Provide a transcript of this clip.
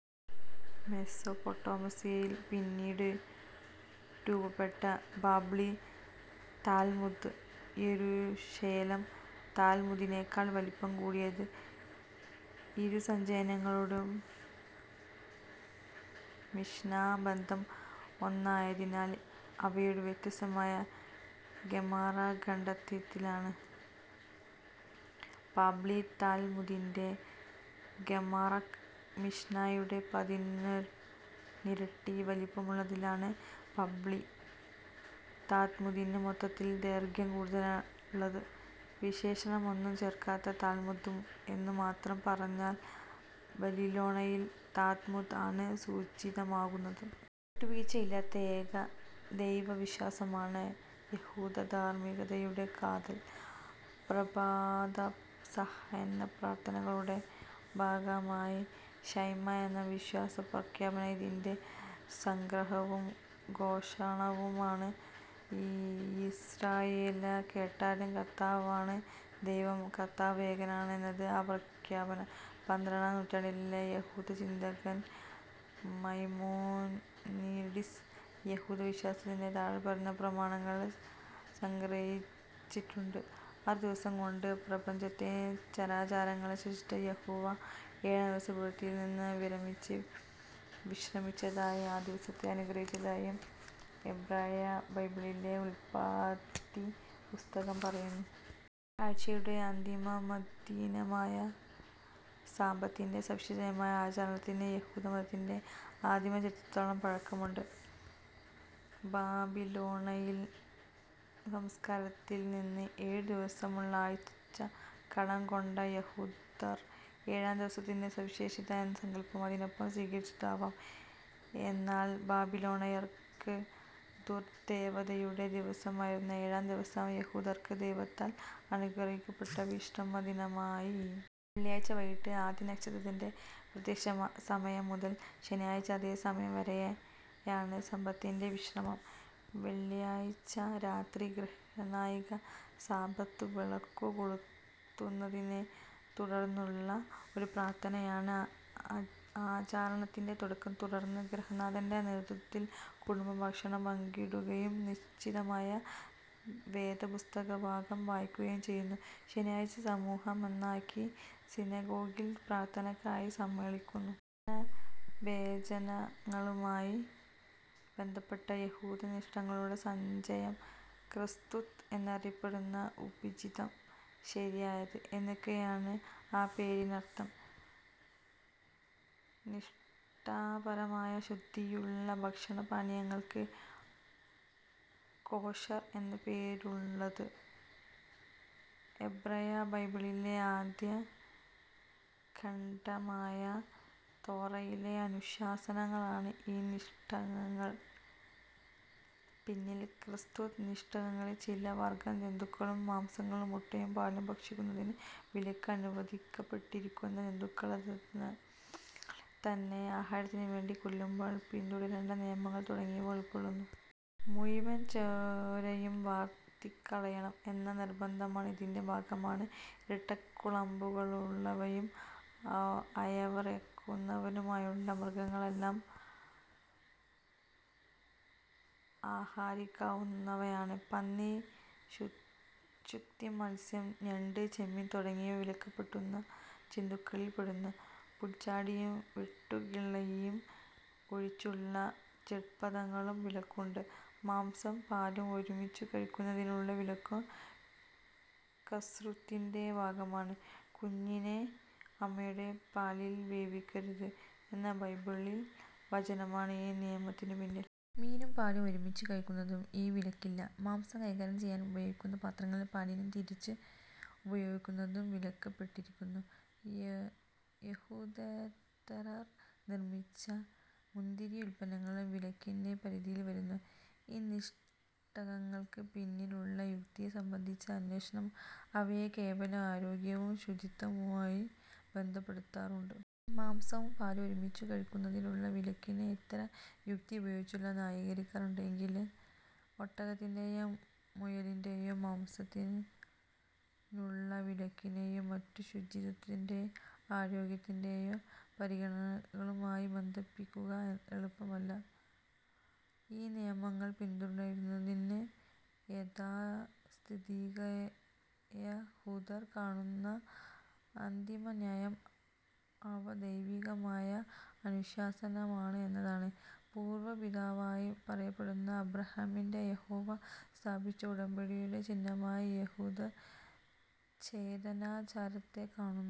മെസോപ്പെട്ടൊമിയായിൽ പിന്നീടു രൂപപ്പെട്ട 'ബാബ്ലി' താൽമുദ്, യെരുശലേം താൽമുദിനേക്കാൾ വലിപ്പം കൂടിയതാണ്. ഇരു സഞ്ചയങ്ങളുടെയും മിശ്നാ ഖണ്ഡം ഒന്നായതിനാൽ അവയുടെ വ്യത്യസ്തത ഗെമാറ ഖണ്ഡത്തിലാണ്. 'ബാബ്ലി' താൽമുദിന്റെ ഗെമാറക്ക് മിശ്നായുടെ പതിനൊന്നിരട്ടി വലിപ്പമുള്ളതിനാലാണ് 'ബാബ്ലി' താൽമുദിന് മൊത്തത്തിൽ ദൈർഘ്യം കൂടുതലുള്ളത്. വിശേഷണമൊന്നും ചേർക്കാതെ താൽമുദ് എന്നു മാത്രം പറഞ്ഞാൽ ബാലിലോണിയൻ താൽമുദ് ആണ് സൂചിതമാകുന്നത്. വിട്ടുവീഴ്ചയില്ലാത്ത ഏകദൈവവിശ്വാസമാണ് യഹൂദധാർമ്മികതയുടെ കാതൽ. പ്രഭാത-സായാഹ്നപ്രാർത്ഥനകളുടെ ഭാഗമായ ഷെമാ എന്ന വിശ്വാസപ്രഖ്യാപനം, ഇതിന്റെ സംഗ്രഹവും ഘോഷണവുമാണ്. "യിസ്രായേലേ കേട്ടാലും: കർത്താവാണ് ദൈവം; കർത്താവ് ഏകനാണ്" എന്നാണ് ആ പ്രഖ്യാപനം. പന്ത്രണ്ടാം നൂറ്റാണ്ടിലെ യഹൂദചിന്തകൻ മൈമോനിഡിസ്, യഹൂദവിശ്വാസത്തെ താഴെപ്പറയുന്ന പ്രമാണങ്ങളിൽ സംഗ്രഹിച്ചിട്ടുണ്ട്. ആറുദിവസം കൊണ്ട് പ്രപഞ്ചത്തേയും ചരാചരങ്ങളേയും സൃഷ്ടിച്ച യഹോവ ഏഴാം ദിവസം പ്രവൃത്തിയിൽ നിന്നു വിരമിച്ച് വിശ്രമിച്ചതായും ആ ദിവസത്തെ അനുഗ്രഹിച്ചതായും എബ്രായബൈബിളിലെ ഉല്പത്തിപ്പുസ്തകം പറയുന്നു. ആഴ്ചയുടെ അന്തിമദിനമായ സാബത്തിന്റെ സവിശേഷമായ ആചരണത്തിന് യഹൂദമതത്തിന്റെ ആദിമചരിത്രത്തോളം പഴക്കമുണ്ട്. ബാബിലോണിയൻ സംസ്കാരത്തിൽ നിന്ന് ഏഴു ദിവസങ്ങളുള്ള ആഴ്ച കടം കൊണ്ട യഹൂദർ, ഏഴാം ദിവസത്തിന്റെ സവിശേഷത എന്ന സങ്കല്പവും അതിനൊപ്പം സ്വീകരിച്ചതാവാം. എന്നാൽ ബാബിലോണിയർക്ക് ദുർദ്ദേവതയുടെ ദിവസമായിരുന്ന ഏഴാം ദിവസം യഹൂദർക്ക് ദൈവത്താൽ അനുഗ്രഹിക്കപ്പെട്ട വിശ്രമദിനമായി. വെള്ളിയാഴ്ച വൈകിട്ട് ആദ്യനക്ഷത്രത്തിന്റെ പ്രത്യക്ഷസമയം മുതൽ ശനിയാഴ്ച അതേസമയം വരെയാണ് സബത്തിന്റെ വിശ്രമം. വെള്ളിയാഴ്ച രാത്രി ഗൃഹനായിക സാബത്തു വിളക്കു കൊളുത്തുന്നതിനെ തുടർന്നുള്ള ഒരു പ്രാർത്ഥനയിലാണ് ആചരണത്തിന്റെ തുടക്കം. തുടർന്ന് ഗൃഹനാഥന്റെ നേതൃത്വത്തിൽ കുടുംബം ഭക്ഷണം പങ്കിടുകയും നിശ്ചിതമായ വേദപുസ്തകഭാഗം വായിക്കുകയും ചെയ്യുന്നു. ശനിയാഴ്ച സമൂഹമൊന്നായി സിനഗോഗിൽ പ്രാർത്ഥനക്കായി സമ്മേളിക്കുന്നു. പാനഭോജനങ്ങളുമായി ബന്ധപ്പെട്ട യഹൂദനിഷ്ഠകളുടെ സഞ്ചയം 'കസ്രുത്ത്' എന്നറിയപ്പെടുന്നു. ഉചിതം, ശരിയായത്, എന്നൊക്കെയാണ് ആ പേരിനർത്ഥം. നിഷ്ഠാപരമായ ശുദ്ധിയുള്ള ഭക്ഷണപാനീയങ്ങൾക്ക് 'കോഷർ' എന്ന പേരാണുള്ളത്. എബ്രായബൈബിളിലെ ആദ്യഖണ്ഡമായ തോറയിലെ അനുശാസനങ്ങളാണ് ഈ നിഷ്ഠകൾക്കു പിന്നിൽ. 'കസ്രുത്ത്'-നിഷ്ഠകളിൽ ചില വർഗ്ഗം ജന്തുക്കളുടെ മാംസവും മുട്ടയും പാലും ഭക്ഷിക്കുന്നതിനുള്ള വിലക്ക്; അനുവദിക്കപ്പെട്ടിരിക്കുന്ന ജന്തുക്കളെത്തന്നെ ആഹാരത്തിനു വേണ്ടി കൊല്ലുമ്പോൾ പിന്തുടരേണ്ട നിയമങ്ങൾ തുടങ്ങിയവ ഉൾപ്പെടുന്നു. മുഴുവൻ ചോരയും വാർത്തിക്കളയണം എന്ന നിർബ്ബന്ധം ഇതിന്റെ ഭാഗമാണ്. ഇരട്ടക്കുളമ്പുള്ളവയും അയവിറക്കുന്നവയുമായ മൃഗങ്ങളെല്ലാം ആഹരിക്കാവുന്നവയാണ്. പന്നി, ശുക്തിമത്സ്യം, ഞണ്ട്, ചെമ്മീൻ തുടങ്ങിയവ വിലക്കപ്പെട്ട ജന്തുക്കളിൽ പെടുന്നു. പുൽച്ചാടിയും വെട്ടുക്കിളിയും ഒഴിച്ചുള്ള ഷ്ഡ്പദങ്ങൾക്കും വിലക്കുണ്ട്. മാംസവും പാലും ഒരുമിച്ചു കഴിക്കുന്നതിനുള്ള വിലക്കും കസ്രുത്തിന്റെ ഭാഗമാണ്. "കുഞ്ഞിനെ അമ്മയുടെ പാലിൽ വേവിക്കരുത്" എന്ന ബൈബിൾ വചനമാണ് ഈ നിയമത്തിനു പിന്നിൽ. മീനും പാലും ഒരുമിച്ചു കഴിക്കുന്നതിന് ഈ വിലക്കില്ല. മാംസം കൈകാര്യം ചെയ്യാൻ ഉപയോഗിക്കുന്ന പാത്രങ്ങൾ പാലിനും, തിരിച്ചും ഉപയോഗിക്കുന്നതും വിലക്കപ്പെട്ടിരിക്കുന്നു. യഹൂദേതരർ നിർമ്മിച്ച മുന്തിരി ഉല്പന്നങ്ങളും വിലക്കിന്റെ പരിധിയിൽ വരുന്നു. ഈ നിഷ്ഠകൾക്കു പിന്നിലുള്ള യുക്തിയെ സംബന്ധിച്ച അന്വേഷണം, അവയെ കേവലും ആരോഗ്യവും ശുചിത്വവുമായി ബന്ധപ്പെടുത്താറുണ്ട്. മാംസവും പാലും ഒരുമിച്ചു കഴിക്കുന്നതിനുള്ള വിലക്കിനെ ഇത്തരം യുക്തി ഉപയോഗിച്ചു ന്യായീകരിക്കാറുണ്ട്. എങ്കിലും ഒട്ടകത്തിന്റേയോ മുയലിന്റേയോ മാംസത്തിനുള്ള വിലക്കിനേയും മറ്റും ശുചിത്വത്തിന്റേയോ ആരോഗ്യത്തിന്റേയോ പരിഗണനകളുമായി ബന്ധിപ്പിക്കുക എളുപ്പമല്ല. ഈ നിയമങ്ങൾ പിന്തുടരുന്നതിന് യാഥാസ്ഥിതികയഹൂദർ കാണുന്ന അന്തിമന്യായം അവ ദൈവികമായ അനുശാസനമാണ് എന്നതാണ്. പൂർവപിതാവായി പറയപ്പെടുന്ന അബ്രാഹവുമായി യഹോവ സ്ഥാപിച്ച ഉടമ്പടിയുടെ ചിഹ്നമായി യഹൂദർ ഛേദനാചാരത്തെ കാണുന്നു.